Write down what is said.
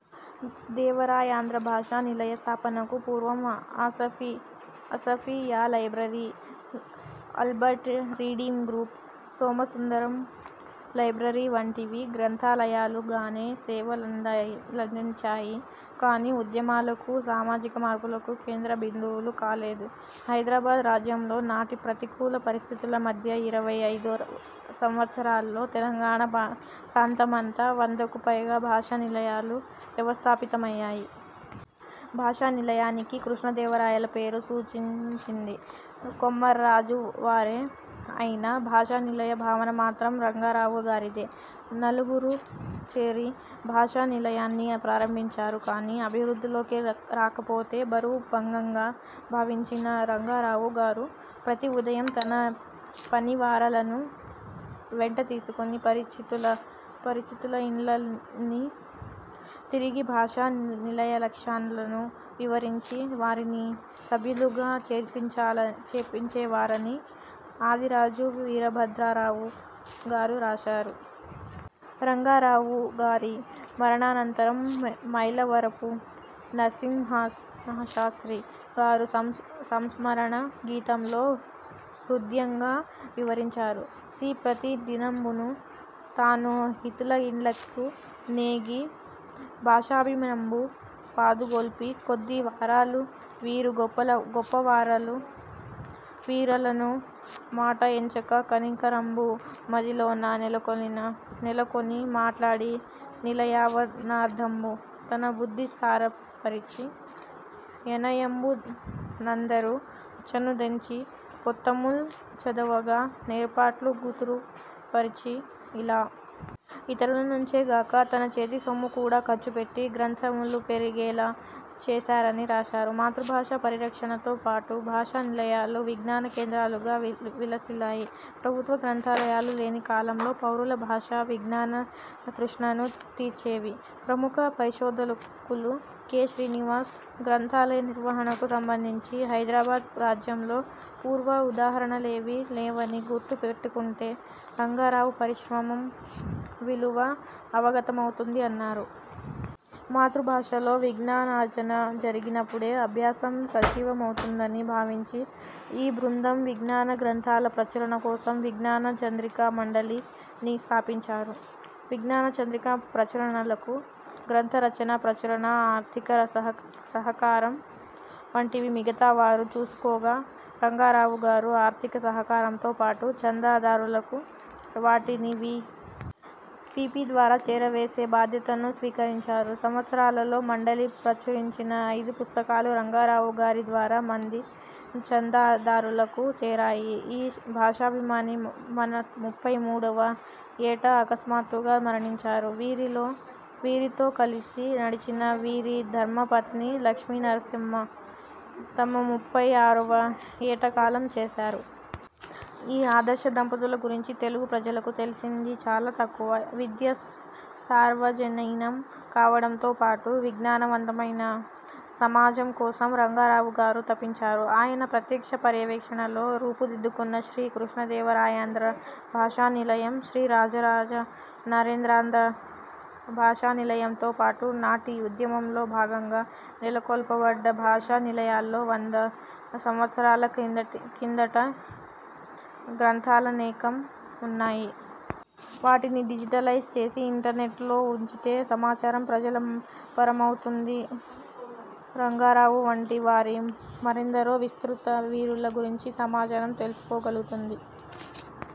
దేవరాయాంధ్ర భాషా నిలయ స్థాపనకు పూర్వం Asafiya library, Albert reading room, Somasundaram library వంటివి గ్రంథాలయాలు గానే సేవ లందాయి లభించాయి కానీ ఉద్యమాలకూ, సామాజిక మార్పులకూ కేంద్ర బిందువులు కాలేదు. హైదరాబాద్ రాజ్యంలో నాటి ప్రతికూల పరిస్థితుల మధ్య ఇరవై ఐదు సంవత్సరాల్లో తెలంగాణ ప్రాంత మంతా వందకు పైగా భాషా నిలయా లు వ్యవస్థాపితమయ్యాయి. భాషా నిలయానికి కృష్ణ దేవరాయల పేరు సూచిం చింది కొమర్రాజువారే ఐనా, భాషా నిలయ భావన మాత్రం రంగారావు గారిదే. నలుగురూ చేరి భాషా నిలయాన్ని ప్రారంభించారు కానీ అభివృద్ధిలోకి రాకపోతే పరువు భంగంగా భావించిన రంగారావు గారు ప్రతి ఉదయం తన పనివారలను వెంట తీసుకుని పరిచితులపరిచితుల ఇండ్లన్నీ తిరిగి భాషా నిలయ లక్ష్యా లను వివరించి వారిని సభ్యులుగాచేర్పించేపింవారని ఆదిరాజు వీరభద్రరావు గారు రాశారు. రంగారావు గారి మరణానంతరం మైలవరపు నర్సింహశాస్త్రి గారు సంస్మ సంస్మ రణ గీతంలో హృద్యంగా వివరించారు సీ. ప్రతి దినంబును తాను హితులయిండ్లకు నేగి భాషాభిమానంబు పాదుగొల్పి కొద్ది వారలు వీరు గొప్పవారలు వీరలను మాట ఎంచక కనికరంబు మదిలోన నెలకొని మాట్లాడి నిలయావనార్థంబు తన బుద్ధి సార్థ పరచి యనయంబునందఱు చను దెంచి పొత్తముల్ చదువగా నేర్పాట్లు కుదురుపఱచి. ఇలా ఇతరుల నుంచే గాక తన చేతి సొమ్ము కూడా ఖర్చుపెట్టి గ్రంథములు పెరిగేలా చేశారని రాశారు. మాతృభాషా పరిరక్షణతో పాటు భాషా నిలయాలు విజ్ఞాన కేంద్రాలుగా విలసిల్లాయి. ప్రభుత్వ గ్రంథాలయాలు లేని కాలంలో పౌరుల భాషా, విజ్ఞాన తృష్ణను తీర్చేవి. ప్రముఖ పరిశోధకులు కె. శ్రీనివాస్ ''గ్రంథాలయ నిర్వహణకు సంబంధించి హైదరాబాద్ రాజ్యంలో పూర్వ ఉదాహరణలేవీ లేవని గుర్తు పెట్టుకుంటే రంగారావు పరిశ్రమం విలువ అవగతమౌతుంది'' అన్నారు. మాతృభాషలో విజ్ఞానార్జన జరిగినపుడే అభ్యాసం సజీవ మౌతుందని భావించిన ఈ బృందం విజ్ఞాన గ్రంథాల ప్రచురణ కోసం 'విజ్ఞాన చంద్రికా మండలి'ని స్థాపించారు. విజ్ఞాన చంద్రిక ప్రచురణలకు గ్రంథ రచన, ప్రచురణ, ఆర్థిక సహకారం వంటివి మిగతా వారు చూసుకోగా రంగారావు గారు ఆర్థిక సహకారంతో పాటు చందా దారులకు వాటిని వి. పి. పి ద్వారా చేరవేసే బాధ్యతను స్వీకరించారు., సంవత్సరాలలో మండలి ప్రచురించిన ఐదు పుస్తకాలు రంగారావు గారి ద్వారా మంది చందా దారులకు చేరాయి. ఈ భాషాభిమాని తన ముప్పై మూడువ యేట అకస్మాత్తుగా మరణించారు. వీరిలో వీరితో కలసి నడిచిన వీరి ధర్మపత్ని లక్ష్మీనరసమ్మ తమ ముప్పై ఆరువ యేట కాలం చేశారు. ఈ ఆదర్శ దంపతుల గురించి తెలుగు ప్రజలకు తెలిసింది చాలా తక్కువ. విద్య సార్వజనీనం కావడంతో పాటు విజ్ఞానవంతమైన సమాజం కోసం రంగారావు గారు తపించారు. ఆయన ప్రత్యక్ష పర్యవేక్షణలో రూపు దిద్దుకొన్న శ్రీ కృష్ణదేవరాయాంధ్ర భాషా నిలయం, శ్రీరాజరాజ నరేంద్రాంధ్ర భాషానిలయంతో పాటు నాటి ఉద్యమంలో భాగంగా నెలకొల్ప బడ్డ భాషా నిలయాల్లో వంద సంవత్సరాల కిందట గ్రంథాలనేకం ఉన్నాయి. వాటిని డిజిటలైజ్ చేసి ఇంటర్నెట్లో ఉంచితే సమాచారం ప్రజల పరమౌతుంది. రంగారావు వంటి వారి మరెందరో విస్మృత వీరుల గురించి సమాజం తెలుసుకోగలుగుతుంది